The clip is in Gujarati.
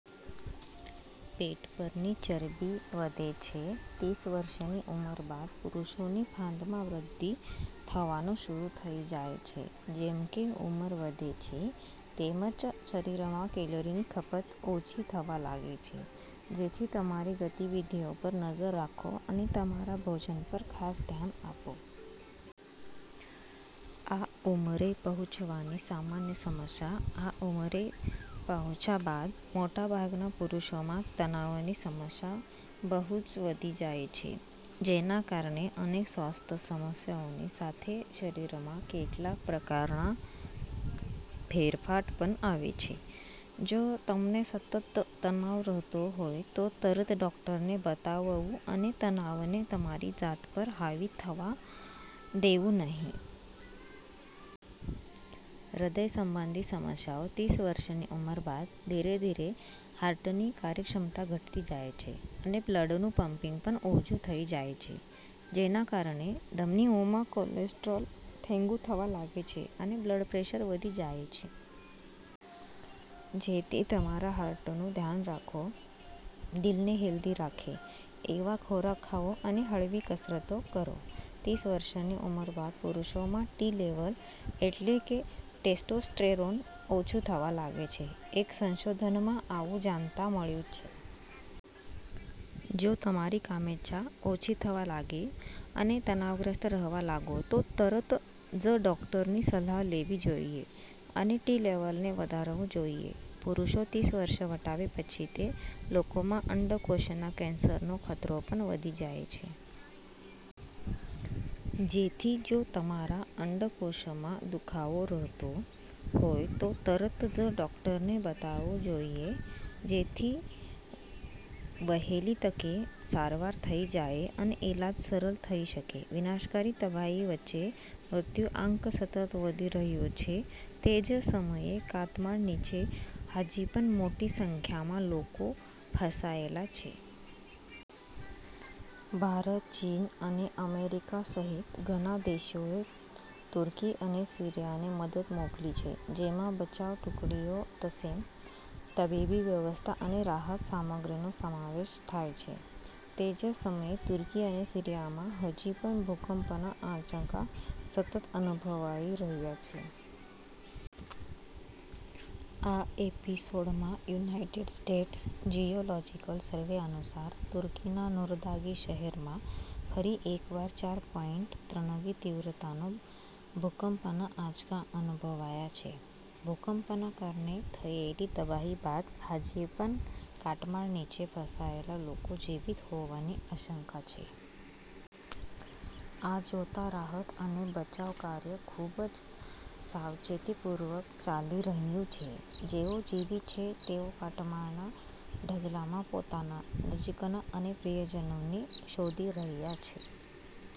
પેટ પરની ચરબી વધે છે ત્રીસ વર્ષની ઉંમર બાદ પુરૂષોની ફાંદમાં વૃદ્ધિ થવાનું શરૂ થઈ જાય છે. જેમ કે ઉંમર વધે છે તેમ જ શરીરમાં કેલરીની ખપત ઓછી થવા લાગે છે. જેથી તમારી ગતિવિધિઓ પર નજર રાખો અને તમારા ભોજન પર ખાસ ધ્યાન આપો. આ ઉંમરે પહોંચવાની સામાન્ય સમસ્યા આ ઉંમરે પહોંચ્યા બાદ મોટાભાગના પુરૂષોમાં તણાવની સમસ્યા બહુ જ વધી જાય છે. જેના કારણે અનેક સ્વાસ્થ્ય સમસ્યાઓની સાથે શરીરમાં કેટલાક પ્રકારના ફેરફાર પણ આવે છે. જો તમને સતત તણાવ રહેતો હોય તો તરત ડોક્ટરને બતાવવું અને તણાવને તમારી જાત પર હાવી થવા દેવું નહીં. હૃદય સંબંધી સમસ્યાઓ ત્રીસ વર્ષની ઉંમર બાદ ધીરે-ધીરે હાર્ટની કાર્યક્ષમતા ઘટતી જાય છે અને બ્લડનું પંપિગ પણ ઓછું થઈ જાય છે. જેના કારણે ધમનીઓમાં કોલેસ્ટ્રોલ ભેગું થવા લાગે છે અને બ્લડપ્રેશર વધી જાય છે. જેથી તમારા હાર્ટનું ધ્યાન રાખો, દિલને હેલ્ધી રાખે. એવા ખોરાક ખાઓ અને હળવી કસરતો કરો. ત્રીસ વર્ષની ઉંમર બાદ પુરૂષોમાં ટી લેવલ એટલે કે ટેસ્ટોસ્ટેરોન ઓછું થવા લાગે છે. એક સંશોધનમાં આવું જાણવા મળ્યું છે. જો તમારી કામેચ્છા ઓછી થવા લાગે અને તણાવગ્રસ્ત રહેવા લાગો તો તરત જ ડોક્ટરની સલાહ લેવી જોઈએ અને ટી લેવલને વધારવું જોઈએ. પુરૂષો ત્રીસ વર્ષ વટાવે પછી તે લોકોમાં અંડકોષના કેન્સરનો ખતરો પણ વધી જાય છે. જેથી જો તમારા અંડકોષમાં દુખાવો રહેતો હોય તો તરત જ ડોક્ટરને બતાવવું જોઈએ. જેથી વહેલી તકે સારવાર થઈ જાય અને ઈલાજ સરળ થઈ શકે. વિનાશકારી તબાહી વચ્ચે, મૃત્યુઆંક સતત વધી રહ્યો છે. તે જ સમયે, કાટમાળ નીચે હજુ પણ મોટી સંખ્યામાં લોકો ફસાયેલા છે. ભારત, ચીન અને અમેરિકા સહિત ઘણા દેશોએ તુર્કી અને સીરિયાને મદદ મોકલી છે. જેમાં બચાવ ટુકડીઓ તેમજ તબીબી વ્યવસ્થા અને રાહત સામગ્રીનો સમાવેશ થાય છે. તે જ સમયે, તુર્કી અને સીરિયામાં હજુ પણ ભૂકંપના આંચકા સતત અનુભવાઈ રહ્યા છે. આ એપિસોડમાં, યુનાઇટેડ સ્ટેટ્સ જિયોલોજિકલ સર્વે અનુસાર, તુર્કીના નૂરદાગી શહેરમાં ફરી એકવાર ચાર પોઈન્ટ ત્રણની તીવ્રતાના ભૂકંપના આંચકા અનુભવાયા છે. ભૂકંપના કારણે થયેલી તબાહી બાદ હજુ પણ કાટમાળ નીચે ફસાયેલા લોકો જીવિત હોવાની આશંકા છે. આ જોતા રાહત અને બચાવ કાર્ય ખૂબ જ સાવચેતીપૂર્વક ચાલી રહ્યું છે, જેઓ જીવિત છે તેઓ કાટમાળના ઢગલામાં પોતાના નજીકના અને પ્રિયજનોને શોધી રહ્યા છે.